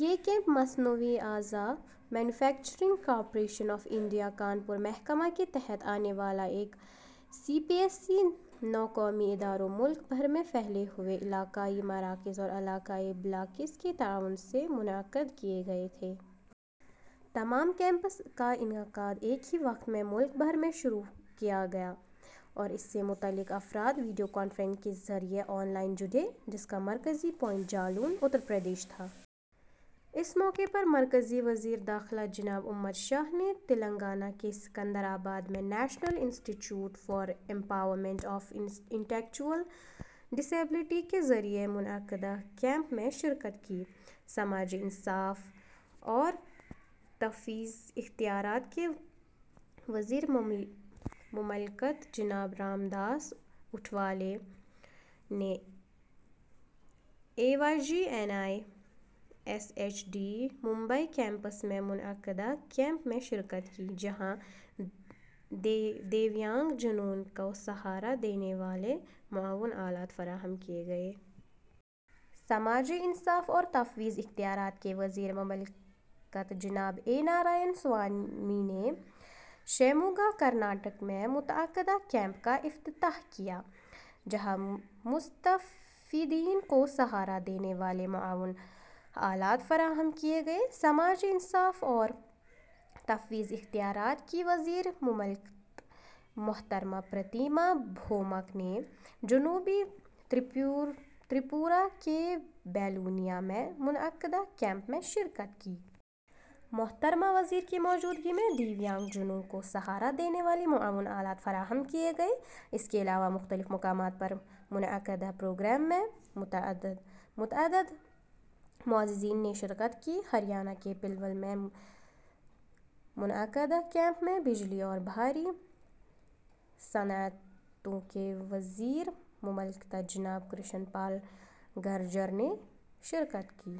یہ کیمپ مصنوعی اعضاء manufacturing corporation of India, Kanpur, محکمہ کے تحت آنے والا ایک سی پی ایس ای ، نو قومی اداروں، ملک بھر میں پھیلے ہوئے علاقائی مراکز اور علاقائی بلاکس کے تعاون سے منعقد کیے گئے تھے۔ تمام کیمپس کا انعقاد ایک ہی وقت میں ملک بھر میں شروع کیا گیا اور اس سے متعلق افراد ویڈیو کانفرنسنگ کے ذریعے آن لائن جڑے، جس کا مرکزی پوائنٹ جالون، اتر پردیش تھا۔ اس موقع پر مرکزی وزیر داخلہ جناب امت شاہ نے تلنگانہ کے سکندرآباد میں national institute for empowerment of intellectual disabilities کے ذریعہ منعقدہ کیمپ میں شرکت کی۔ سماجی انصاف اور تفویض اختیارات کے وزیر مملکت جناب رام داس اٹھاولے نے A Y J N I S H D, Mumbai campus میں منعقدہ کیمپ میں شرکت کی، جہاں دیویانگ جنوں کو سہارا دینے والے معاون آلات فراہم کیے گئے۔ سماجی انصاف اور تفویض اختیارات کے وزیر مملکت جناب اے۔ نارائن سوامی نے شیموگا، کرناٹک میں منعقدہ کیمپ کا افتتاح کیا، جہاں مستفیدین کو سہارا دینے والے معاون آلات فراہم کیے گئے۔ سماجی انصاف اور تفویض اختیارات کی وزیر مملکت محترمہ پرتیما بھومک، نے جنوبی تریپورہ کے بیلونیا میں منعقدہ کیمپ میں شرکت کی۔ محترمہ وزیر کی موجودگی میں دیویانگ جنوں کو سہارا دینے والے معاون آلات فراہم کیے گئے۔ اس کے علاوہ مختلف مقامات پر منعقدہ پروگرام میں متعدد معززین نے شرکت کی۔ ہریانہ کے پلول میں منعقدہ کیمپ میں بجلی اور بھاری صنعتوں کے وزیر مملکت جناب کرشن پال گرجر نے شرکت کی۔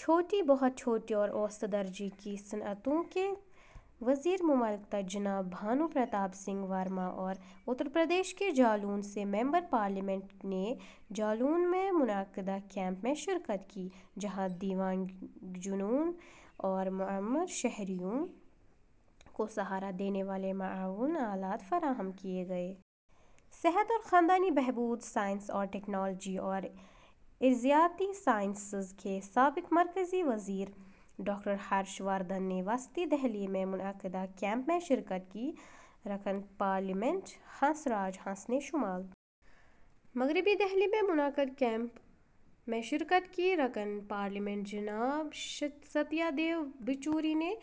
چھوٹی، بہت چھوٹی اور اوسط درجے کی صنعتوں کے وزیر مملکت جناب بھانو پرتاپ سنگھ ورما، اور اترپردیش کے جالون سے ممبر پارلیمنٹ نے جالون میں منعقدہ کیمپ میں شرکت کی، جہاں دیویانگجنوں اور معمر شہریوں کو سہارا دینے والے معاون آلات فراہم کیے گئے۔ صحت اور خاندانی بہبود، سائنس اور ٹیکنالوجی اور ارضیاتی سائنسز کے سابق مرکزی وزیر ڈاکٹر ہرش وردھن نے وسطی دہلی میں منعقدہ کیمپ میں شرکت کی۔ رکن پارلیمنٹ ہنس راج ہنس نے شمال مغربی دہلی میں منعقد کیمپ میں شرکت کی، رکن پارلیمنٹ جناب ستیہ دیو پچوری نےاے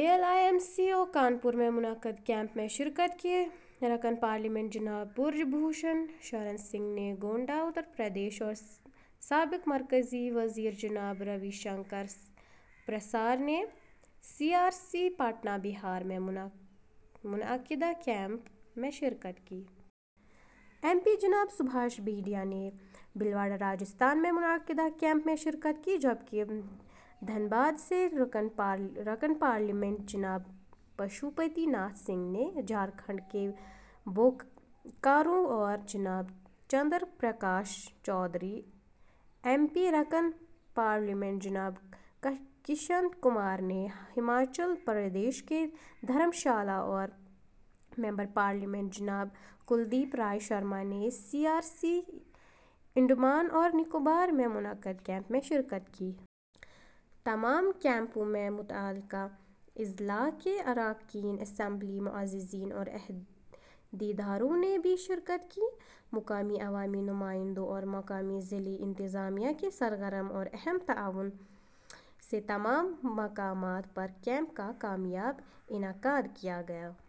L I M C O, Kanpur میں منعقد کیمپ میں شرکت کی، رکن پارلیمنٹ جناب برج بھوشن شرن سنگھ نے گونڈہ، اتر پردیش اور سابق مرکزی وزیرجناب روی شنکر پرسار نے سی آر سی پٹنہ، بہار میں منعقدہ کیمپ میں شرکت کی۔ ایم پی جناب سبھاش بہیڈیا نے بھیلواڑہ، راجستھان میں منعقدہ کیمپ میں شرکت کی جبکہ دھنباد سے رکن پارلیمنٹ جناب پشوپتی ناتھ سنگھ نے جھارکھنڈ کے بوکارو، اور جناب چندر پرکاش چودھری، ایم پی ،رکن پارلیمنٹ جناب کشن کمار نے ہماچل پردیش کے دھرم شالہ اور ممبر پارلیمنٹ جناب کلدیپ رائے شرما نے سی آر سی انڈمان اور نکوبار میں منعقدہ کیمپ میں شرکت کی۔ تمام کیمپوں میں متعلقہ اضلاع کے اراکین اسمبلی، معززین اور عہدیداروں نے بھی شرکت کی۔ مقامی عوامی نمائندوں اور مقامی ضلعی انتظامیہ کے سرگرم اور اہم تعاون سے تمام مقامات پر کیمپ کا کامیاب انعقاد کیا گیا۔